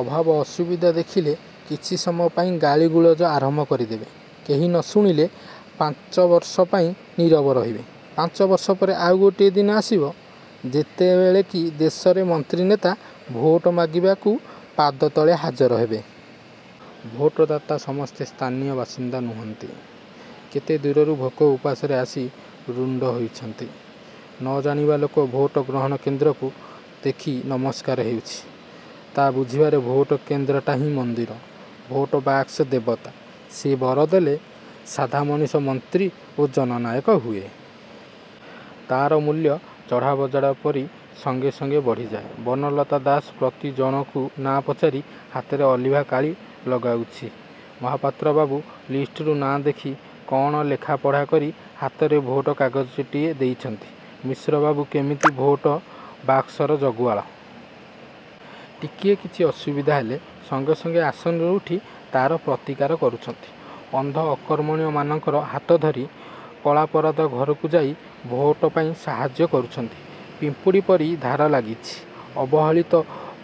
ଅଭାବ ଅସୁବିଧା ଦେଖିଲେ କିଛିସମୟ ପାଇଁ ଗାଳିଗୁଲଜ ଆରମ୍ଭ କରିଦେବେ। କେହି ନ ଶୁଣିଲେ ପାଞ୍ଚ ବର୍ଷପାଇଁ ନୀରବ ରହିବେ। ପାଞ୍ଚ ବର୍ଷ ପରେ ଆଉ ଗୋଟିଏ ଦିନ ଆସିବ, ଯେତେବେଳେ କି ଦେଶର ମନ୍ତ୍ରୀ, ନେତା ଭୋଟ ମାଗିବାକୁ ପାଦ ତଳେ ହାଜର ହେବେ। ଭୋଟଦାତା ସମସ୍ତେ ସ୍ଥାନୀୟ ବାସିନ୍ଦା ନୁହନ୍ତି। କେତେ ଦୂରରୁ ଭୋକ ଉପାସରେ ଆସି ରୁଣ୍ଡ ହୋଇଛନ୍ତି। ନ ଜାଣିବା ଲୋକ ଭୋଟ ଗ୍ରହଣ କେନ୍ଦ୍ରକୁ ଦେଖି ନମସ୍କାର ହେଉଛି। ତା' ବୁଝିବାରେ ଭୋଟ କେନ୍ଦ୍ରଟାହିଁ ମନ୍ଦିର। ଭୋଟ ବାକ୍ସ ଦେବତା। ସେ ବର ଦେଲେ ସାଦା ମଣିଷ ମନ୍ତ୍ରୀ ଓ ଜନନାୟକ ହୁଏ। ତା'ର ମୂଲ୍ୟ ଚଢ଼ା ବଜାର ପରି ସଙ୍ଗେ ସଙ୍ଗେ ବଢ଼ିଯାଏ। ବନଲତା ଦାସ ପ୍ରତି ଜଣକୁ ନାଁ ପଚାରି ହାତରେ ଅଲିଭା କାଳି ଲଗାଉଛି। ମହାପାତ୍ର ବାବୁ ଲିଷ୍ଟରୁ ନାଁ ଦେଖି କଣ ଲେଖା ପଢ଼ା କରି ହାତରେ ଭୋଟ କାଗଜଟିଏ ଦେଉଛନ୍ତି।। ମିଶ୍ରବାବୁ କେମିତି ଭୋଟ ବାକ୍ସର ଜଗୁଆଳ। ଟିକିଏ କିଛି ଅସୁବିଧା ହେଲେ ସଙ୍ଗେ ସଙ୍ଗେ ଆସନରୁ ଉଠି ତା'ର ପ୍ରତିକାର କରୁଛନ୍ତି। ଅନ୍ଧ ଅକର୍ମଣ୍ୟମାନଙ୍କର ହାତଧରି କଳାପରଦା ଘରକୁ ଯାଇ ଭୋଟପାଇଁ ସାହାଯ୍ୟ କରୁଛନ୍ତି। ପିମ୍ପୁଡ଼ିପରି ଧାର ଲାଗିଛି। ଅବହେଳିତ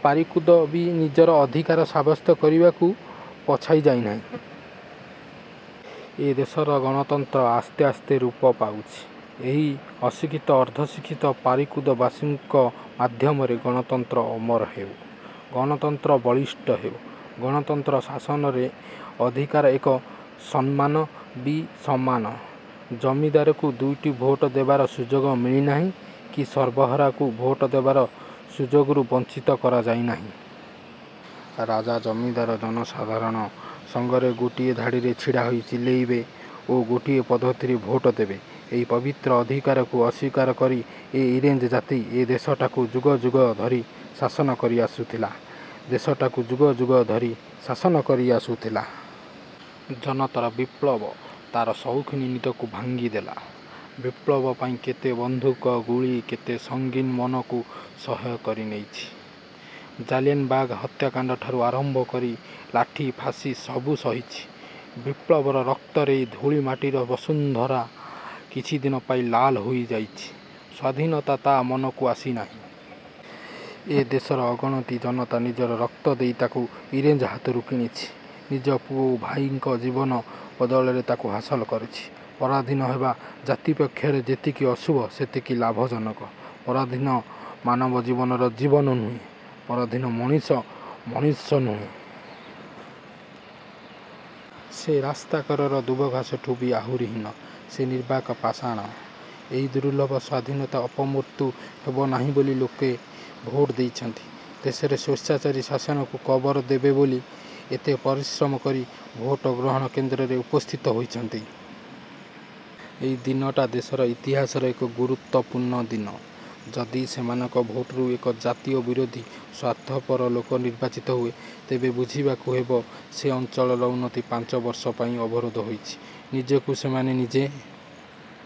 ପାରିକୁଦ ବି ନିଜର ଅଧିକାର ସାବ୍ୟସ୍ତ କରିବାକୁ ପଛାଇ ଯାଇ ନାହିଁ। ଏ ଦେଶର ଗଣତନ୍ତ୍ର ଆସ୍ତେ ଆସ୍ତେ ରୂପ ପାଉଛି, ଏହି ଅଶିକ୍ଷିତ, ଅର୍ଦ୍ଧଶିକ୍ଷିତ ପାରିକୁଦ ବାସୀଙ୍କ ମାଧ୍ୟମରେ। ଗଣତନ୍ତ୍ର ଅମର ହେଉ। ଗଣତନ୍ତ୍ର ବଳିଷ୍ଠ ହେଉ। ଗଣତନ୍ତ୍ର ଶାସନରେ ଅଧିକାର ଏକ, ସମ୍ମାନ ବି ସମାନ। ଜମିଦାରକୁ ଦୁଇଟି ଭୋଟ ଦେବାର ସୁଯୋଗ ମିଳିନାହିଁ କି ସର୍ବହରାକୁ ଭୋଟ ଦେବାର ସୁଯୋଗରୁ ବଞ୍ଚିତ କରାଯାଇ ନାହିଁ। ରାଜା, ଜମିଦାର ଜନସାଧାରଣ ସଙ୍ଗରେ ଗୋଟିଏ ଧାଡ଼ିରେ ଛିଡ଼ାହୋଇ ଚାଲିବେ ଓ ଗୋଟିଏ ପଦ୍ଧତିରେ ଭୋଟ ଦେବେ। ଏହି ପବିତ୍ର ଅଧିକାରକୁ ଅସ୍ୱୀକାର କରି ଇଂରେଜ ଜାତିଏ ଦେଶଟାକୁ ଯୁଗ ଯୁଗ ଧରି ଶାସନ କରି ଆସିଥିଲା। ଦେଶଟାକୁ ଯୁଗ ଯୁଗ ଧରି ଶାସନ କରି ଆସିଥିଲା। ଜନତାର ବିପ୍ଳବ ତା'ର ସୌଖୀନି ନିଦକୁ ଭାଙ୍ଗିଦେଲା। ବିପ୍ଳବପାଇଁ କେତେ ବନ୍ଧୁକ ଗୁଳି, କେତେ ସଙ୍ଗୀନ ମୁନକୁ ସହ୍ୟ କରି ନେଇଛି। ଜାଲିଆନାବାଗ ହତ୍ୟାକାଣ୍ଡଠାରୁ ଆରମ୍ଭ କରି ଲାଠୀ, ଫାଶୀ ସବୁ ସହିଛି। ବିପ୍ଳବୀର ରକ୍ତରେ ଧୂଳିମାଟିର ବସୁନ୍ଧରା କିଛିଦିନପାଇଁ ଲାଲ ହୋଇ ଯାଇଛି। ସ୍ୱାଧୀନତା ତା' ମନକୁ ଆସି ନାହିଁ! ଏ ଦେଶର ଅଗଣିତ ଜନତା ନିଜର ରକ୍ତ ଦେଇ ତାକୁ ଇଂରେଜ ହାତରୁ କିଣିଛି। ନିଜ ପୁଅ, ଭାଇଙ୍କ ଜୀବନ ବଦଳରେ ତାକୁ ହାସଲ କରିଛି। ପରାଧୀନ ହେବା ଜାତି ପକ୍ଷରେ ଯେତେ ଅଶୁଭ ସେତିକି ଲଜ୍ଜାଜନକ। ପରାଧୀନ ମାନବର ଜୀବନ, ଜୀବନ ନୁହେଁ। ପରାଧୀନ ମଣିଷ, ମଣିଷ ନୁହେଁ। ସେ ରାସ୍ତାକଡ଼ର ଦୁବଘାସଠୁ ବି ଆହୁରି ହୀନ। ସେ ନିର୍ବାକ ପାଷାଣ। ଏହି ଦୁର୍ଲଭ ସ୍ୱାଧୀନତାର ଅପମୃତ୍ୟୁ ହେବ ନାହିଁ ବୋଲି ଲୋକେ ଭୋଟ ଦେଉଛନ୍ତି। ଦେଶରେ ସ୍ୱେଚ୍ଛାଚାରୀ ଶାସନକୁ କବର ଦେବେ ବୋଲି ଏତେ ପରିଶ୍ରମ କରି ଭୋଟ ଗ୍ରହଣ କେନ୍ଦ୍ରରେ ଉପସ୍ଥିତ ହୋଇଛନ୍ତି। ଏଇ ଦିନଟା ଦେଶର ଇତିହାସରେ ଏକ ଗୁରୁତ୍ୱପୂର୍ଣ୍ଣ ଦିନ। ଯଦି ସେମାନଙ୍କ ଭୋଟରୁ ଏକ ଜାତୀୟ ବିରୋଧୀ, ସ୍ୱାର୍ଥପର ଲୋକ ନିର୍ବାଚିତ ହୁଏ, ତେବେ ବୁଝିବାକୁ ହେବ ସେ ଅଞ୍ଚଳର ଉନ୍ନତି ପାଞ୍ଚ ବର୍ଷପାଇଁ ଅବରୋଧ ହୋଇଛି। ନିଜକୁ ସେମାନେ ନିଜ